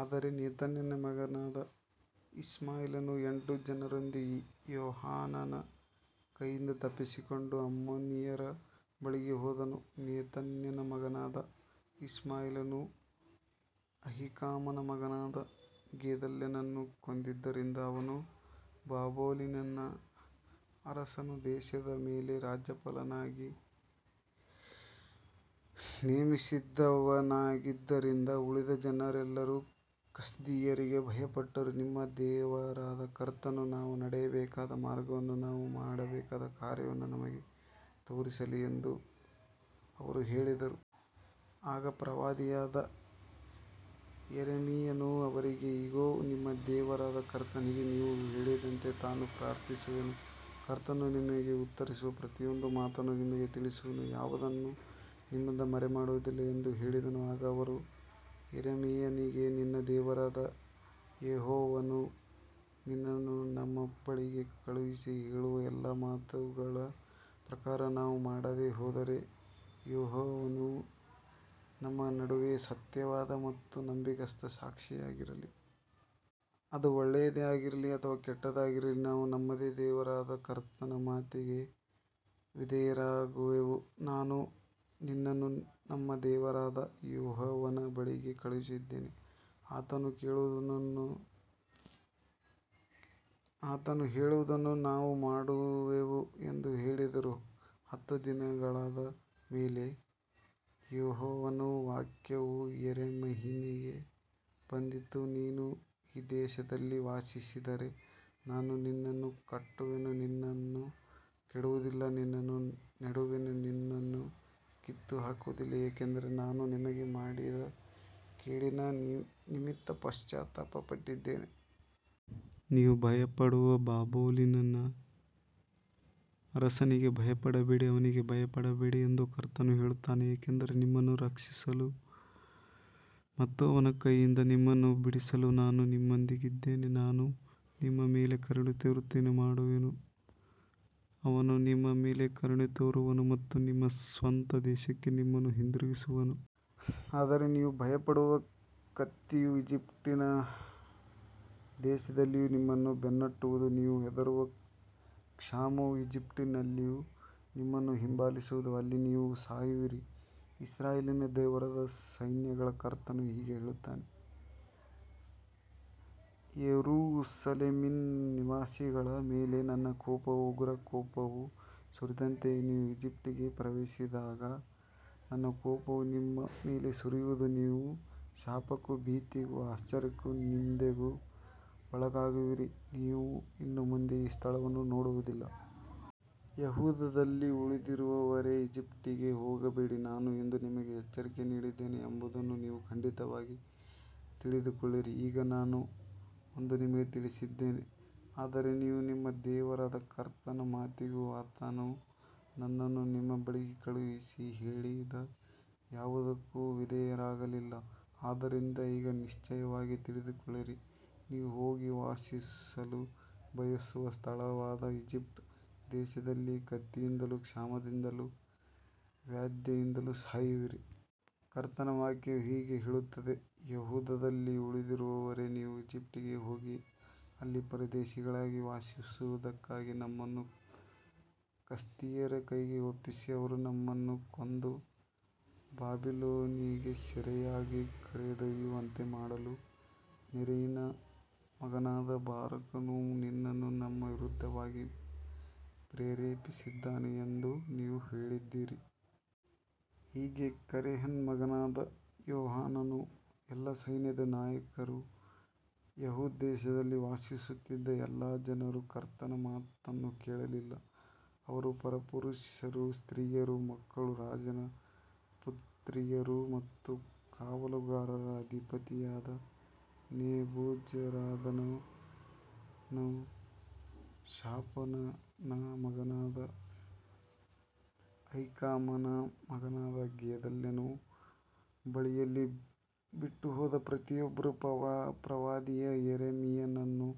ಆದರೆ ನೆತನ್ಯನ ಮಗನಾದ ಇಷ್ಮಾಯೇಲನು ಎಂಟು ಜನರೊಂದಿಗೆ ಯೋಹಾನಾನನ ಕೈಯಿಂದ ತಪ್ಪಿಸಿಕೊಂಡು ಅಮ್ಮೋನಿಯರ ಬಳಿಗೆ ಹೋದನು. ನೆತನ್ಯನ ಮಗನಾದ ಇಷ್ಮಾಯೇಲನು ಅಹೀಕಾಮನ ಮಗನಾದ ಗೆದಲ್ಯನನ್ನು ಕೊಂದಿದ್ದರಿಂದ, ಅವನು ಬಾಬಿಲೋನಿನ ಅರಸನು ದೇಶದ ಮೇಲೆ ರಾಜ್ಯಪಾಲನನ್ನಾಗಿ ನೇಮಿಸಿದ್ದವನಾಗಿದ್ದರಿಂದ, ಉಳಿದ ಜನರೆಲ್ಲರೂ ಕಸ್ದೀಯರಿಗೆ ಭಯಪಟ್ಟರು. ನಿಮ್ಮ ದೇವರಾದ ಕರ್ತನು ನಾವು ನಡೆಯಬೇಕಾದ ಮಾರ್ಗವನ್ನೂ ನಾವು ಮಾಡಬೇಕಾದ ಕಾರ್ಯವನ್ನೂ ನಮಗೆ ತೋರಿಸಲಿ ಎಂದು ಅವರು ಹೇಳಿದರು. ಆಗ ಪ್ರವಾದಿಯಾದ ಯೆರೆಮೀಯನು ಅವರಿಗೆ, ಇಗೋ, ನಿಮ್ಮ ದೇವರಾದ ಕರ್ತನಿಗೆ ನೀವು ಹೇಳಿದಂತೆ ನಾನು ಪ್ರಾರ್ಥಿಸುವೆನು, ಕರ್ತನು ನಿಮಗೆ ಉತ್ತರಿಸುವ ಪ್ರತಿಯೊಂದು ಮಾತನ್ನೂ ನಿಮಗೆ ತಿಳಿಸುವೆನು, ಯಾವುದನ್ನೂ ನಿಮ್ಮಿಂದ ಮರೆಮಾಡುವುದಿಲ್ಲ ಎಂದು ಹೇಳಿದನು. ಆಗ ಅವರು ಯೆರೆಮೀಯನಿಗೆ, ನಿನ್ನ ದೇವರಾದ ಯೆಹೋವನು ನಿನ್ನನ್ನು ನಮ್ಮ ಬಳಿಗೆ ಕಳುಹಿಸಿ ಹೇಳುವ ಎಲ್ಲಾ ಮಾತುಗಳ ಪ್ರಕಾರ ನಾವು ಮಾಡದೆ ಹೋದರೆ, ಯೆಹೋವನು ನಮ್ಮ ನಡುವೆ ಸತ್ಯವಾದ ಮತ್ತು ನಂಬಿಗಸ್ತ ಸಾಕ್ಷಿಯಾಗಿರಲಿ. ಅದು ಒಳ್ಳೆಯದಾಗಿರಲಿ ಅಥವಾ ಕೆಟ್ಟದ್ದಾಗಿರಲಿ, ನಾವು ನಮ್ಮ ದೇವರಾದ ಕರ್ತನ ಮಾತಿಗೆ ವಿಧೇಯರಾಗುವೆವು, ನಾವು ನಿನ್ನನ್ನು ನಮ್ಮ ದೇವರಾದ ಯೆಹೋವನ ಬಳಿಗೆ ಕಳುಹಿಸಿದ್ದೇವೆ, ಆತನು ಹೇಳುವುದನ್ನು ನಾವು ಮಾಡುವೆವು ಎಂದು ಹೇಳಿದರು. ಹತ್ತು ದಿನಗಳಾದ ಮೇಲೆ ಯೆಹೋವನ ವಾಕ್ಯವು ಯೆರೆಮೀಯನಿಗೆ ಬಂದಿತು. ನೀನು ಈ ದೇಶದಲ್ಲಿ ವಾಸಿಸಿದರೆ ನಾನು ನಿನ್ನನ್ನು ಕಟ್ಟುವೆನು, ನಿನ್ನನ್ನು ಕೆಡವುವುದಿಲ್ಲ, ನಿನ್ನನ್ನು ನೆಡುವೆನು, ನಿನ್ನನ್ನು ಕಿತ್ತುಹಾಕುವುದಿಲ್ಲ, ಏಕೆಂದರೆ ನಾನು ನಿಮಗೆ ಮಾಡಿದ ಕೇಡಿನ ನಿಮಿತ್ತ ಪಶ್ಚಾತ್ತಾಪಪಟ್ಟಿದ್ದೇನೆ. ನೀವು ಭಯಪಡುವ ಬಾಬಿಲೋನಿನ ಅರಸನಿಗೆ ಭಯಪಡಬೇಡಿ, ಅವನಿಗೆ ಭಯಪಡಬೇಡಿ ಎಂದು ಕರ್ತನು ಹೇಳುತ್ತಾನೆ, ಏಕೆಂದರೆ ನಿಮ್ಮನ್ನು ರಕ್ಷಿಸಲು ಮತ್ತು ಅವನ ಕೈಯಿಂದ ನಿಮ್ಮನ್ನು ಬಿಡಿಸಲು ನಾನು ನಿಮ್ಮೊಂದಿಗಿದ್ದೇನೆ. ನಾನು ನಿಮ್ಮ ಮೇಲೆ ಕರುಣೆ ತೋರುವಂತೆ ಮಾಡುವೆನು, ಅವನು ನಿಮ್ಮ ಮೇಲೆ ಕರುಣೆ ತೋರುವನು ಮತ್ತು ನಿಮ್ಮ ಸ್ವಂತ ದೇಶಕ್ಕೆ ನಿಮ್ಮನ್ನು ಹಿಂದಿರುಗಿಸುವನು. ಆದರೆ ನೀವು ಭಯಪಡುವ ಕತ್ತಿಯು ಈಜಿಪ್ಟ್ ದೇಶದಲ್ಲಿಯೂ ನಿಮ್ಮನ್ನು ಬೆನ್ನಟ್ಟುವುದು, ನೀವು ಹೆದರುವ ಕ್ಷಾಮವು ಈಜಿಪ್ಟಿನಲ್ಲಿಯೂ ನಿಮ್ಮನ್ನು ಹಿಂಬಾಲಿಸುವುದು, ಅಲ್ಲಿ ನೀವು ಸಾಯುವಿರಿ. ಇಸ್ರಾಯೇಲಿನ ದೇವರಾದ ಸೈನ್ಯಗಳ ಕರ್ತನು ಹೀಗೆ ಹೇಳುತ್ತಾನೆ, ಯೆರೂಸಲೇಮಿನ ನಿವಾಸಿಗಳ ಮೇಲೆ ನನ್ನ ಕೋಪವೂ ಉಗ್ರಕೋಪವೂ ಸುರಿದಂತೆಯೇ, ನೀವು ಈಜಿಪ್ಟಿಗೆ ಪ್ರವೇಶಿಸಿದಾಗ ನನ್ನ ಕೋಪವು ನಿಮ್ಮ ಮೇಲೆ ಸುರಿಯುವುದು, ನೀವು ಶಾಪಕ್ಕೂ ಭೀತಿಗೂ ಆಶ್ಚರ್ಯಕ್ಕೂ ನಿಂದೆಗೂ ಒಳಗಾಗುವಿರಿ, ನೀವು ಇನ್ನು ಮುಂದೆ ಈ ಸ್ಥಳವನ್ನು ನೋಡುವುದಿಲ್ಲ. ಯೆಹೂದದಲ್ಲಿ ಉಳಿದಿರುವವರೇ, ಈಜಿಪ್ಟಿಗೆ ಹೋಗಬೇಡಿ. ನಾನು ಇಂದು ನಿಮಗೆ ಎಚ್ಚರಿಕೆ ನೀಡಿದ್ದೇನೆ ಎಂಬುದನ್ನು ನೀವು ಖಂಡಿತವಾಗಿ ತಿಳಿದುಕೊಳ್ಳಿರಿ. ಈಗ ನಾನು ಇಂದು ನಿಮಗೆ ತಿಳಿಸಿದ್ದೇನೆ, ಆದರೆ ನೀವು ನಿಮ್ಮ ದೇವರಾದ ಕರ್ತನ ಮಾತಿಗೂ, ಆತನು ನನ್ನನ್ನು ನಿಮ್ಮ ಬಳಿಗೆ ಕಳುಹಿಸಿ ಹೇಳಿದ ಯಾವುದಕ್ಕೂ ವಿಧೇಯರಾಗಲಿಲ್ಲ. ಆದ್ದರಿಂದ ಈಗ ನಿಶ್ಚಯವಾಗಿ ತಿಳಿದುಕೊಳ್ಳಿರಿ, ನೀವು ಹೋಗಿ ವಾಸಿಸಲು ಬಯಸುವ ಸ್ಥಳವಾದ ಈಜಿಪ್ಟ್ ದೇಶದಲ್ಲಿಯೇ ಕತ್ತಿಯಿಂದಲೂ ಕ್ಷಾಮದಿಂದಲೂ ವ್ಯಾಧಿಯಿಂದಲೂ ಸಾಯುವಿರಿ. ಕರ್ತನ ವಾಕ್ಯವು ಹೀಗೆ ಹೇಳುತ್ತದೆ, ಯೆಹೂದದಲ್ಲಿ ಉಳಿದಿರುವವರೇ, ನೀವು ಈಜಿಪ್ಟಿಗೆ ಹೋಗಿ ಅಲ್ಲಿ ಪರದೇಶಿಗಳಾಗಿ ವಾಸಿಸುವುದಕ್ಕಾಗಿ, ನಮ್ಮನ್ನು ಕಸ್ದೀಯರ ಕೈಗೆ ಒಪ್ಪಿಸಿ, ಅವರು ನಮ್ಮನ್ನು ಕೊಂದು ಬಾಬಿಲೋನಿಗೆ ಸೆರೆಯಾಗಿ ಕರೆದೊಯ್ಯುವಂತೆ ಮಾಡಲು, ನೆರೀಯನ ಮಗನಾದ ಬಾರೂಕನು ನಿನ್ನನ್ನು ನಮ್ಮ ವಿರುದ್ಧವಾಗಿ ಪ್ರೇರೇಪಿಸಿದ್ದಾನೆ ಎಂದು ನೀವು ಹೇಳಿದ್ದೀರಿ. ಹೀಗೆ ಕರೇಹನ ಮಗನಾದ ಯೋಹಾನಾನನೂ, ಎಲ್ಲಾ ಸೈನ್ಯದ ನಾಯಕರೂ, ಯೆಹೂದ ದೇಶದಲ್ಲಿ ವಾಸಿಸುತ್ತಿದ್ದ ಎಲ್ಲಾ ಜನರೂ ಕರ್ತನ ಮಾತನ್ನು ಕೇಳಲಿಲ್ಲ. ಅವರು ಪುರುಷರೂ ಸ್ತ್ರೀಯರೂ ಮಕ್ಕಳೂ ರಾಜನ ಪುತ್ರಿಯರೂ ಮತ್ತು ಕಾವಲುಗಾರರ ಅಧಿಪತಿಯಾದ ನೆಬೂಜರದಾನನು ಶಾಫಾನನ ಮಗನಾದ ಅಹೀಕಾಮನ ಮಗನಾದ ಗೆದಲ್ಯನ ಬಳಿಯಲ್ಲಿ ಬಿಟ್ಟುಹೋದ ಪ್ರತಿಯೊಬ್ಬರೂ, ಪ್ರವಾದಿಯಾದ ಯೆರೆಮೀಯನನ್ನೂ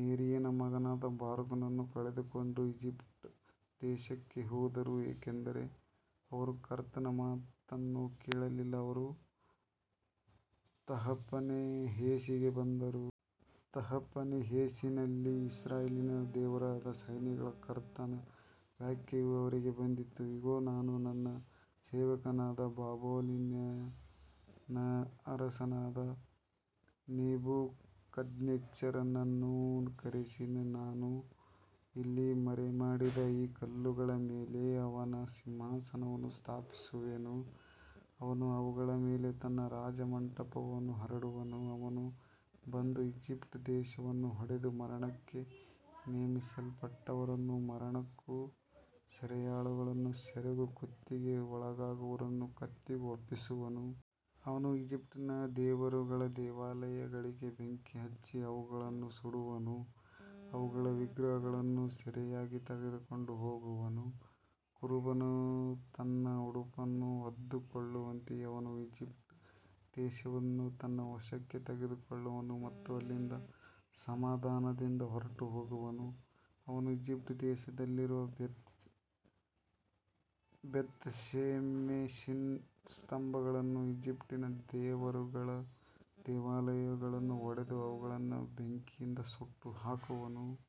ನೆರೀಯನ ಮಗನಾದ ಬಾರೂಕನನ್ನೂ ಕರೆದುಕೊಂಡು ಈಜಿಪ್ಟ್ ದೇಶಕ್ಕೆ ಹೋದರು, ಏಕೆಂದರೆ ಅವರು ಕರ್ತನ ಮಾತನ್ನು ಕೇಳಲಿಲ್ಲ, ಅವರು ತಹಪನೇಹೆಸಿಗೆ ಬಂದರು. ತಹಪನೇಹೆಸಿನಲ್ಲಿ ಇಸ್ರಾಯೇಲಿನ ದೇವರಾದ ಸೈನ್ಯಗಳ ಕರ್ತನ ವಾಕ್ಯವು ಅವರಿಗೆ ಬಂದಿತು, ಇಗೋ, ನಾನು ನನ್ನ ಸೇವಕನಾದ ಬಾಬಿಲೋನಿನ ಅರಸನಾದ ನೆಬೂಕದ್ನೆಚ್ಚರನನ್ನು ಕರೆಸಿ, ನಾನು ಇಲ್ಲಿ ಮರೆಮಾಡಿದ ಈ ಕಲ್ಲುಗಳ ಮೇಲೆ ಅವನ ಸಿಂಹಾಸನವನ್ನು ಸ್ಥಾಪಿಸುವೆನು, ಅವನು ಅವುಗಳ ಮೇಲೆ ತನ್ನ ರಾಜಮಂಟಪವನ್ನು ಹರಡುವನು. ಅವನು ಬಂದು ಈಜಿಪ್ಟ್ ದೇಶವನ್ನು ಹೊಡೆದು, ಮರಣಕ್ಕೆ ನೇಮಿಸಲ್ಪಟ್ಟವರನ್ನು ಮರಣಕ್ಕೂ, ಸೆರೆಯಾಳುಗಳನ್ನು ಸೆರೆಗೂ, ಕತ್ತಿಗೆ ಒಳಗಾಗುವವರನ್ನು ಕತ್ತಿಗೂ ಒಪ್ಪಿಸುವನು. ಅವನು ಈಜಿಪ್ಟಿನ ದೇವರುಗಳ ದೇವಾಲಯಗಳಿಗೆ ಬೆಂಕಿ ಹಚ್ಚಿ ಅವುಗಳನ್ನು ಸುಡುವನು, ಅವುಗಳ ವಿಗ್ರಹಗಳನ್ನು ಸೆರೆಯಾಗಿ ತೆಗೆದುಕೊಂಡು ಹೋಗುವನು. ಕುರುಬನು ತನ್ನ ಉಡುಪನ್ನು ಹೊದ್ದುಕೊಳ್ಳುವಂತೆ ಅವನು ಈಜಿಪ್ಟ್ ದೇಶವನ್ನು ತನ್ನ ವಶಕ್ಕೆ ತೆಗೆದುಕೊಳ್ಳುವನು ಮತ್ತು ಅಲ್ಲಿಂದ ಸಮಾಧಾನದಿಂದ ಹೊರಟುಹೋಗುವನು. ಅವನು ಈಜಿಪ್ಟ್ ದೇಶದಲ್ಲಿರುವ ಬೇತ್‌ಶೆಮೆಷಿನ ಸ್ತಂಭಗಳನ್ನೂ ಈಜಿಪ್ಟಿನ ದೇವರುಗಳ ದೇವಾಲಯಗಳನ್ನೂ ಒಡೆದು, ಅವುಗಳನ್ನು ಬೆಂಕಿಯಿಂದ ಸುಟ್ಟುಹಾಕುವನು.